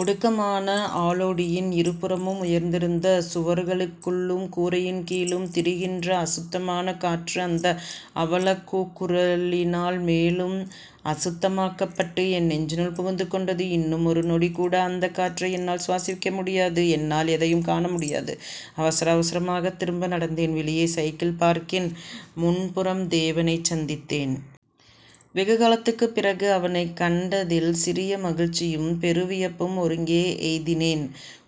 ஒடுக்கமான ஆளோடியின் இருபுறமும் உயர்ந்திருந்த சுவர்களுக்குள்ளும் கூரையின்கீழும் திரிகின்ற அசுத்தமான காற்று அந்த அவலக் கூக்குரலினால் மேலும் அசுத்தமாக்கப்பட்டு என் நெஞ்சினுள் புகுந்து கொண்டது. இன்னும் ஒரு நொடிகூட அந்தக்காற்றை என்னால் சுவாசிக்க முடியாது. என்னால் எதையும் காணமுடியாது. அவசர அவசரமாகத் திரும்ப நடந்தேன். வெளியே சைக்கிள் பார்க்கின் முன்புறம் தேவனைச் சந்தித்தேன். வெகுகாலத்துக்குப் பிறகு அவனைக் கண்டதில் சிறிய மகிழ்ச்சியும் பெருவியப்பும் ஒருங்கே எய்தினேன்.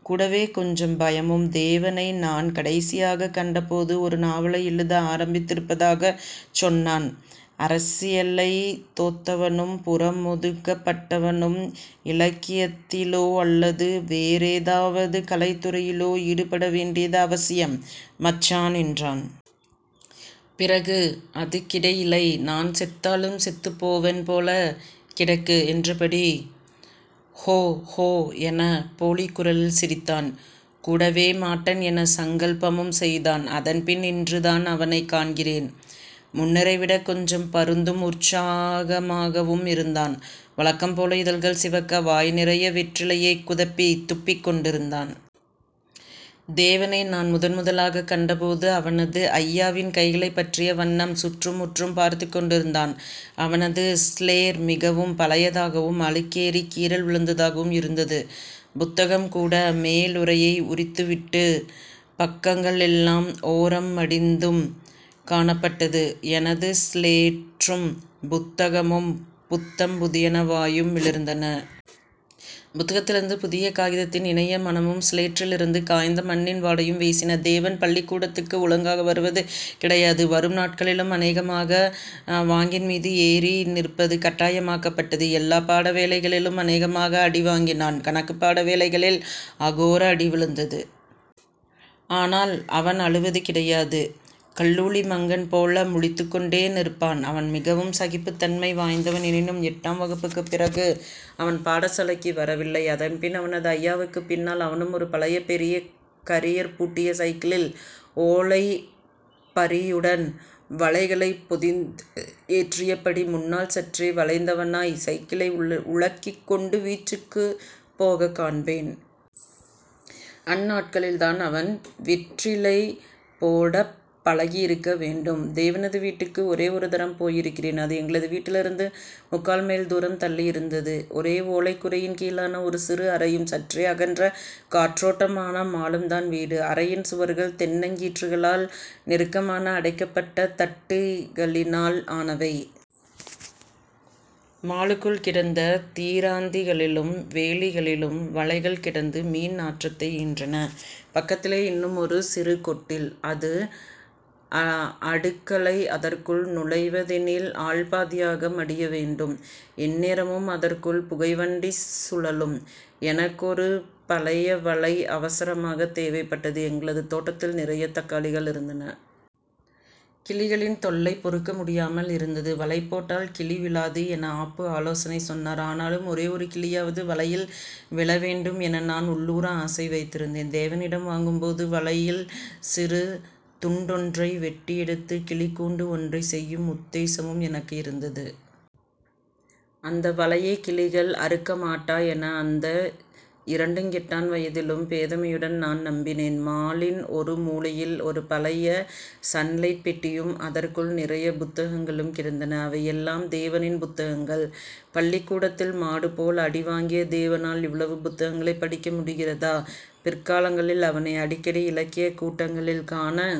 கூடவே கொஞ்சம் பயமும். தேவனை நான் கடைசியாகக் கண்ட போது ஒரு நாவலை எழுத ஆரம்பித்திருப்பதாகச் சொன்னான். அரசியல்லை தோத்தவனும் புறமொதுக்கப் பட்டவனும் இலக்கியத்திலோ அல்லது வேறேதாவது கலைத்துறையிலோ ஈடுபடவேண்டியது அவசியம்.. மச்சான் என்றான். பிறகு அதுக்கிடையிலை நான் செத்தாலும் செத்துபோவன் போல கிடக்கு என்றபடி ஹோ... ஹோ என போலிக்குரலில் சிரித்தான். கூடவே மாட்டன்.. என சங்கல்பமும் செய்தான். அதன்பின் இன்று தான் அவனைக் காண்கிறேன். முன்னரைவிட கொஞ்சம் பருந்தும் உற்சாகமாகவும் இருந்தான். வழக்கம்போல இதழ்கள் சிவக்க வாய் நிறைய வெற்றிலையைக் குதப்பித் துப்பிக்கொண்டிருந்தான். தேவனை நான் முதன் முதலாகக் கண்டபோது அவனது அய்யாவின் கைகளைப் பற்றிய வண்ணம் சுற்றுமுற்றும் பார்த்துக் கொண்டிருந்தான். அவனது சிலேற் மிகவும் பழையதாகவும் அழுக்கேறிக் கீறல் விழுந்ததாகவும் இருந்தது. புத்தகம்கூட மேலுறையை உரித்து விட்டும் பக்கங்கள் எல்லாம் ஓரம்மடிந்தும் காணப்பட்டது. எனது சிலேற்றும் புத்தகமும் புத்தம் புதியனவாயும் மிளிர்ந்தன. புத்தகத்திலிருந்து புதிய காகிதத்தின் இனிய மணமும் சிலேற்றிலிருந்து காய்ந்த மண்ணின் வாடையும் வீசின. தேவன் பள்ளிக் கூடத்துக்கு ஒழுங்காக வருவது கிடையாது வரும் நாட்களிலும் அனேகமாக வாங்கின் மீது ஏறி நிற்பது கட்டாயமாகப் பட்டது. எல்லாப் பாட வேலைகளிலும் அநேகமாக அடி வாங்கினான். கணக்குப்பாட வேளைகளில் அகோர அடி விழுந்தது. ஆனால் அவன் அழுவது கிடையாது. கல்லுளி மங்கன் போல முழித்துக் கொண்டே நிற்பான். அவன் மிகவும் சகிப்புத் தன்மை வாய்ந்தவன். எனினும், எட்டாம் வகுப்புக்குப் பிறகு அவன் பாடசாலைக்கு வரவில்லை. அதன் பின் அவனது அய்யாவுக்குப் பின்னால் அவனும் ஒரு பழைய பெரிய கரியர் பூட்டிய சைக்கிளில் ஓலைப்பறியுடன் வலைகளைப் பொதிந்து ஏற்றியபடி முன்னால் சற்றே வளைந்தவனாய் சைக்கிளை உழக்கிக் கொண்டு வீச்சுக்குப் போகக் காண்பேன். அந்நாட்களில் தான் அவன் வெற்றிலை போடப பழகியிருக்க வேண்டும். தேவனது வீட்டுக்கு ஒரே ஒருதரம் போயிருக்கிறேன். அது எங்களது வீட்டிலிருந்து முக்கால் மைல் தூரம் தள்ளியிருந்தது. ஒரே ஓலைக் கூரையின் கீழான ஒரு சிறு அறையும் சற்றே அகன்ற காற்றோட்டமான மாலும் தான் வீடு. அறையின் சுவர்கள் தென்னங்கீற்றுகளால் நெருக்கமாக அடைக்கப்பட்ட தட்டிகளினால் ஆனவை. மாலுக்குள் கிடந்த தீராந்திகளிலும் வேலிகளிலும் வலைகள் கிடந்து மீன் நாற்றத்தை ஈன்றன. பக்கத்திலே இன்னுமொரு சிறு கொட்டில். அது அடுக்களை. அதற்குள் நுழைவதெனில் ஆள்பாதியாக மடியவேண்டும். எந்நேரமும் அதற்குள் புகை வண்டிச் சுழலும். எனக்கொரு பழையவலை அவசரமாகத் தேவைப்பட்டது. எங்களது தோட்டத்தில் நிறைய தக்காளிகள் இருந்தன. கிளிகளின் தொல்லை பொறுக்க முடியாமல் இருந்தது. வலைபோட்டால் கிளிவிழாது என அப்பு ஆலோசனை சொன்னார். ஆனாலும் ஒரே ஒரு கிளியாவது வலையில் விழவேண்டும் என நான் உள்ளூர ஆசை வைத்திருந்தேன். தேவனிடம் வாங்கப் போகும் வலையில் சிறு துண்டொன்றை வெட்டியெடுத்து 'கிளிக்கூண்டு ஒன்றை செய்யும் உத்தேசமும் எனக்கு இருந்தது. அந்த வலையை கிளிகள் அறுக்க மாட்டா என அந்த இரண்டுங்கெட்டான் வயதிலும் பேதமையுடன் நான் நம்பினேன். மாலின் ஒரு மூலையில் ஒரு பழைய சன்லைட் பெட்டியும் அதற்குள் நிறையப் புத்தகங்களும் கிடந்தன. அவை எல்லாம் தேவனின் புத்தகங்கள் பள்ளிக்கூடத்தில் மாடுபோல் அடிவாங்கிய தேவனால் இவ்வளவு புத்தகங்களைப் படிக்க முடிகிறதா? பிற்காலங்களில் அவனை அடிக்கடி இலக்கியக் கூட்டங்களில் காண